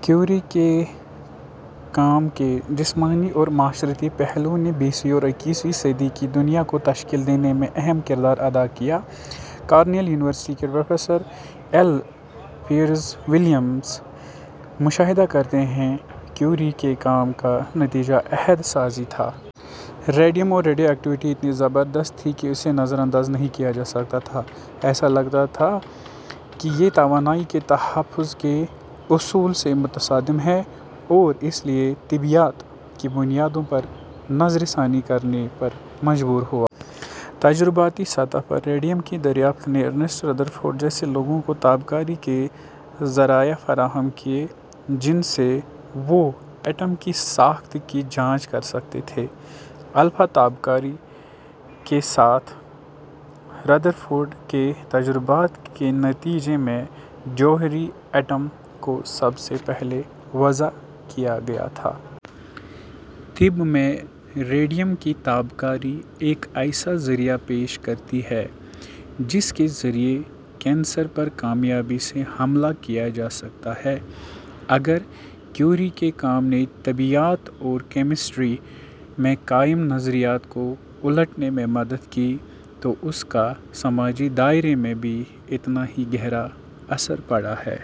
Curie کے کام کے جسمانی اور معاشرتی پہلوؤں نے بیسویں اور اکیسویں صدی کی دنیا کو تشکیل دینے میں اہم کردار ادا کیا۔ کارنیل یونیورسٹی کے پروفیسر ایل پیئرس ولیمز مشاہدہ کرتے ہیں: کیوری کے کام کا نتیجہ عہد سازی تھا۔ ریڈیم کی ریڈیو ایکٹیویٹی اتنی زبردست تھی کہ اسے نظر انداز نہیں کیا جا سکتا تھا۔ ایسا لگتا تھا کہ یہ توانائی کے تحفظ کے اصول سے متصادم ہے اور اس لیے طبیعیات کی بنیادوں پر نظر ثانی کرنے پر مجبور ہوا۔ تجرباتی سطح پر ریڈیم کی دریافت نے ارنسٹ ردرفورڈ جیسے لوگوں کو تابکاری کے ذرائع فراہم کیے جن سے وہ ایٹم کی ساخت کی جانچ کر سکتے تھے۔ الفا تابکاری کے ساتھ ردر فورڈ کے تجربات کے نتیجے میں، جوہری ایٹم کو سب سے پہلے وضع کیا گیا تھا۔ طب میں، ریڈیم کی تابکاری ایک ایسا ذریعہ پیش کرتی ہے جس کے ذریعے کینسر پر کامیابی سے حملہ کیا جا سکتا ہے۔ اگر کیوری کے کام نے طبیعیات اور کیمسٹری میں قائم نظریات کو الٹنے میں مدد کی، تو اس کا سماجی دائرے میں بھی اتنا ہی گہرا اثر پڑا ہے۔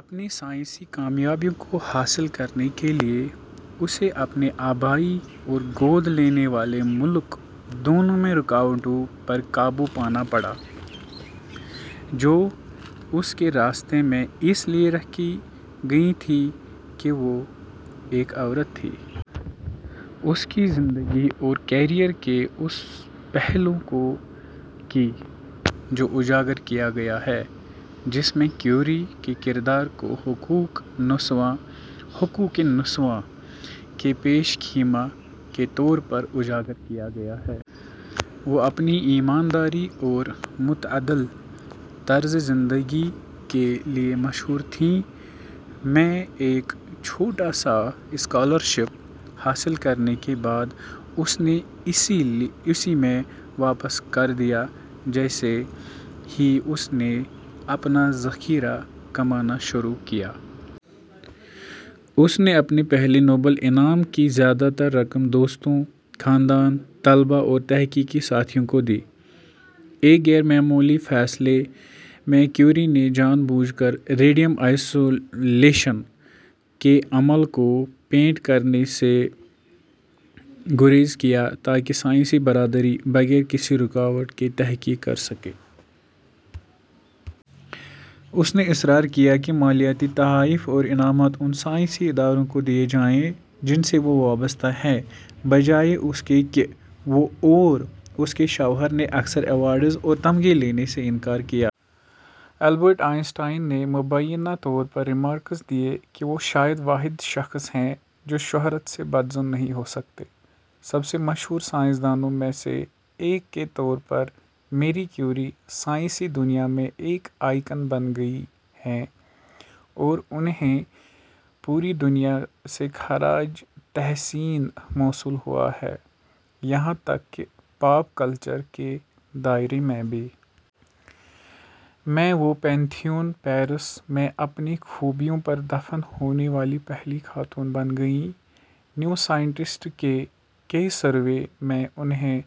اپنی سائنسی کامیابیوں کو حاصل کرنے کے لیے، اسے اپنے آبائی اور گود لینے والے ملک دونوں میں رکاوٹوں پر قابو پانا پڑا، جو اس کے راستے میں اس لیے رکھی گئی تھیں کہ وہ ایک عورت تھی۔ اس کی زندگی اور کیریئر کے اس پہلو کو کی: میں اجاگر کیا گیا ہے، جس میں کیوری کے کردار کو حقوق نسواں کے پیش خیمہ کے طور پر اجاگر کیا گیا ہے۔ وہ اپنی ایمانداری اور معتدل طرز زندگی کے لیے مشہور تھیں۔ میں ایک چھوٹا سا اسکالرشپ حاصل کرنے کے بعد، اس نے اسے میں واپس کر دیا جیسے ہی اس نے اپنا ذخیرہ کمانا شروع کیا۔ اس نے اپنے پہلے نوبل انعام کی زیادہ تر رقم دوستوں، خاندان، طلبہ اور تحقیقی ساتھیوں کو دی۔ ایک غیر معمولی فیصلے میں، کیوری نے جان بوجھ کر ریڈیم آئسولیشن کے عمل کو پیٹنٹ کرنے سے گریز کیا تاکہ سائنسی برادری بغیر کسی رکاوٹ کے تحقیق کر سکے۔ اس نے اصرار کیا کہ مالیاتی تحائف اور انعامات ان سائنسی اداروں کو دیے جائیں جن سے وہ وابستہ ہیں بجائے اس کے کہ۔ وہ اور اس کے شوہر نے اکثر ایوارڈز اور تمغے لینے سے انکار کیا۔ البرٹ آئن سٹائن نے مبینہ طور پر ریمارکس دیے کہ وہ شاید واحد شخص ہیں جو شہرت سے بدظن نہیں ہو سکتے۔ سب سے مشہور سائنسدانوں میں سے ایک کے طور پر، میری کیوری سائنسی دنیا میں ایک آئیکن بن گئی ہیں اور انھیں پوری دنیا سے خراج تحسین موصول ہوا ہے، یہاں تک کہ پاپ کلچر کے دائرے میں بھی۔ میں، وہ پینتھیون، پیرس میں اپنی خوبیوں پر دفن ہونے والی پہلی خاتون بن گئیں۔ نیو سائنٹسٹ کے کے سروے میں، انھیں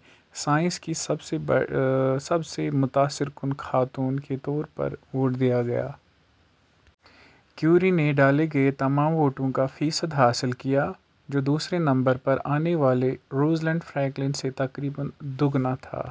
"سائنس کی سب سے متاثر کن خاتون" کے طور پر ووٹ دیا گیا۔ کیوری نے ڈالے گئے تمام ووٹوں کا فیصد حاصل کیا، جو دوسرے نمبر پر آنے والے روزلینڈ فرینکلن سے تقریباً دگنا تھا۔